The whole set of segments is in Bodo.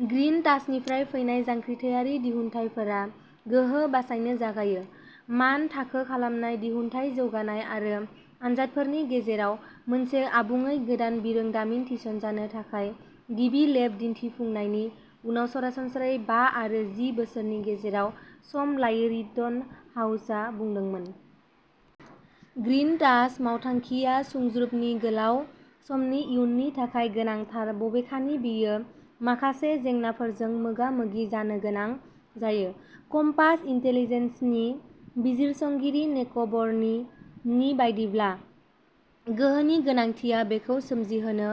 ग्रिन टाचनिफ्राय फैनाय जांख्रिथायारि दिहुनथायफोरा गोहो बासायनो जागायो। मान थाखो खालामनाय दिहुनथाय जौगानाय आरो आनजादफोरनि गेजेराव, मोनसे आबुङै गोदान बिरोंदामिन थिसनजानो थाखाय गिबि लेब दिनथिफुंनायनि उनाव सरासनस्रायै बा आरो जि बोसोरनि गेजेराव सम लायो रिटनहाउसा बुंदोंमोन। ग्रिन टाच मावथांखिआ सुंज्रोबनि गोलाव समनि इयुननि थाखाय गोनांथार बबेखानि बेयो माखासे जेंनाफोरजों मोगा-मोगि जानो गोनां जायो, कम्पास इनटेलिजेन्सनि बिजिरसंगिरि नेक'बर्नि नि बायदिब्ला। गोहोनि गोनांथिया बेखौ सोमजिहोनो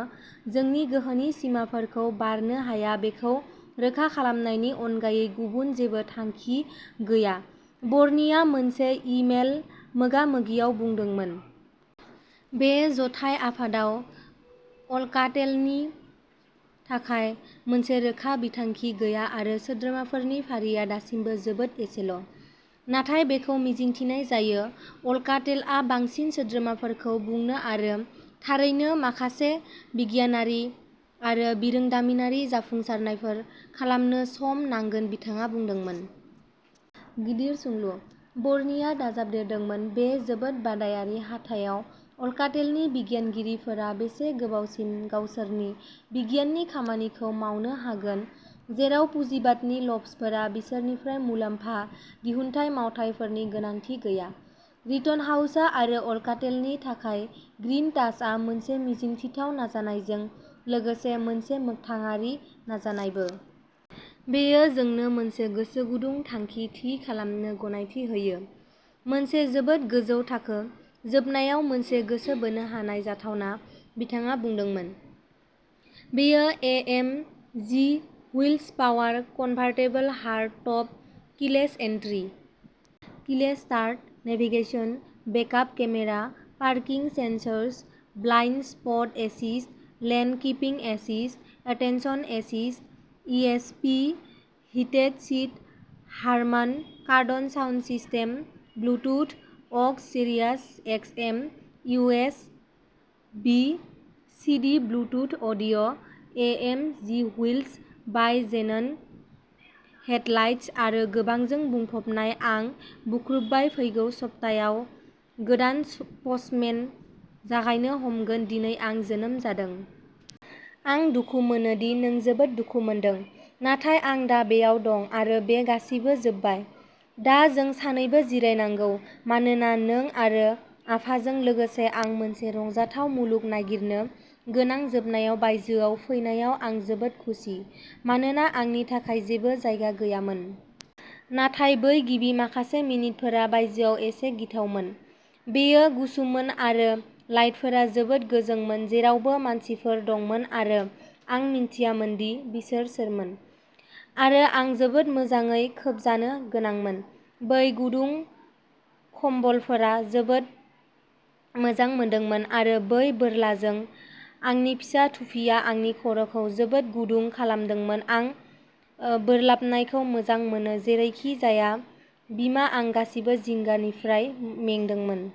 जोंनि गोहोनि सिमाफोरखौ बारनो हाया बेखौ रोखा खालामनायनि अनगायै गुबुन जेबो थांखि गैया बर्निआ मोनसे इ-मेल मोगा-मोगियाव बुंदोंमोन। बे जथाय आफादाव अल्काटेलनि थाखाय मोनसे रोखा बिथांखि गैया आरो सोद्रोमाफोरनि फारिया दासिमबो जोबोद एसेल'। नाथाय बेखौ मिजिंथिनाय जायो। अल्काटेलआ बांसिन सोद्रोमाफोरखौ बुंनो आरो थारैनो माखासे बिगियानारि आरो बिरोंदामिनारि जाफुंसारनायफोर खालामनो सम नांगोन, बिथाङा बुंदोंमोन। गिदिर सोंलु। बार्निआ दाजाबदेरदोंमोन बे जोबोद बादायारि हाथाइयाव अल्काटेलनि बिगियानगिरिफोरा बेसे गोबावसिम गावसोरनि बिगियाननि खामानिखौ मावनो हागोन जेराव पुजिबादनि ल'भ्सफोरा बिसोरनिफ्राय मुलाम्फा दिहुनथाइ मावथायफोरनि गोनांथि गैया। रिटनहाउस आरो अल्काटेलनि थाखाय ग्रिन टाचआ मोनसे मिजिंथिथाव नाजानायजों लोगोसे मोनसे मोखथांआरि नाजानायबो। बेयो जोंनो मोनसे गोसो गुदुं थांखि थि खालामनो गनायथि होयो, मोनसे जोबोद गोजौ थाखो, जोबनायाव मोनसे गोसो बोनो हानाय जाथावना, बिथाङा बुंदोंमोन। बेयो A M G wheels power convertible hard top, keyless entry, keyless start, navigation, backup camera, parking sensors, blind spot assist, lane keeping assist, attention assist, E S P, heated seat, Harman, Kardon sound system, Bluetooth, aux, Sirius X M, U S B, C D, Bluetooth audio', A M G wheels, bi xenon headlights आरो गोबांजों बुंफबनाय आं बुख्रुबबाय फैगौ सप्तायाव गोदान पस्टमेन जागायनो हमगोन दिनै आं जोनोम जादों। आं दुखु मोनो दि नों जोबोद दुखु मोनदों, नाथाय आं दा बेयाव दं आरो बे गासिबो जोबबाय। दा जों सानैबो जिरायनांगौ। मानोना नों आरो आफाजों लोगोसे आं मोनसे रंजाथाव मुलुग नागिरनो गोनां जोबनायाव बायजोआव फैनायाव आं जोबोद खुसि, मानोना आंनि थाखाय जेबो जायगा गैयामोन। नाथाय बै गिबि माखासे मिनिटफोरा बायजोआव एसे गिथावमोन। बेयो गुसुमोन आरो लाइटफोरा जोबोद गोजोंमोन जेरावबो मानसिफोर दंमोन आरो आं मिथियामोन दि बिसोर सोरमोन। आरो आं जोबोद मोजाङै खोबजानो गोनांमोन। बै गुदुं खमबलफोरा जोबोद मोजां मोनदोंमोन, आरो बै बोरलाजों आंनि फिसा थुफिआ आंनि खर'खौ जोबोद गुदुं खालामदोंमोन आं बोरलाबनायखौ मोजां मोनो जेरैखिजाया बिमा आं गासिबो जिंगानिफ्राय मेंदोंमोन।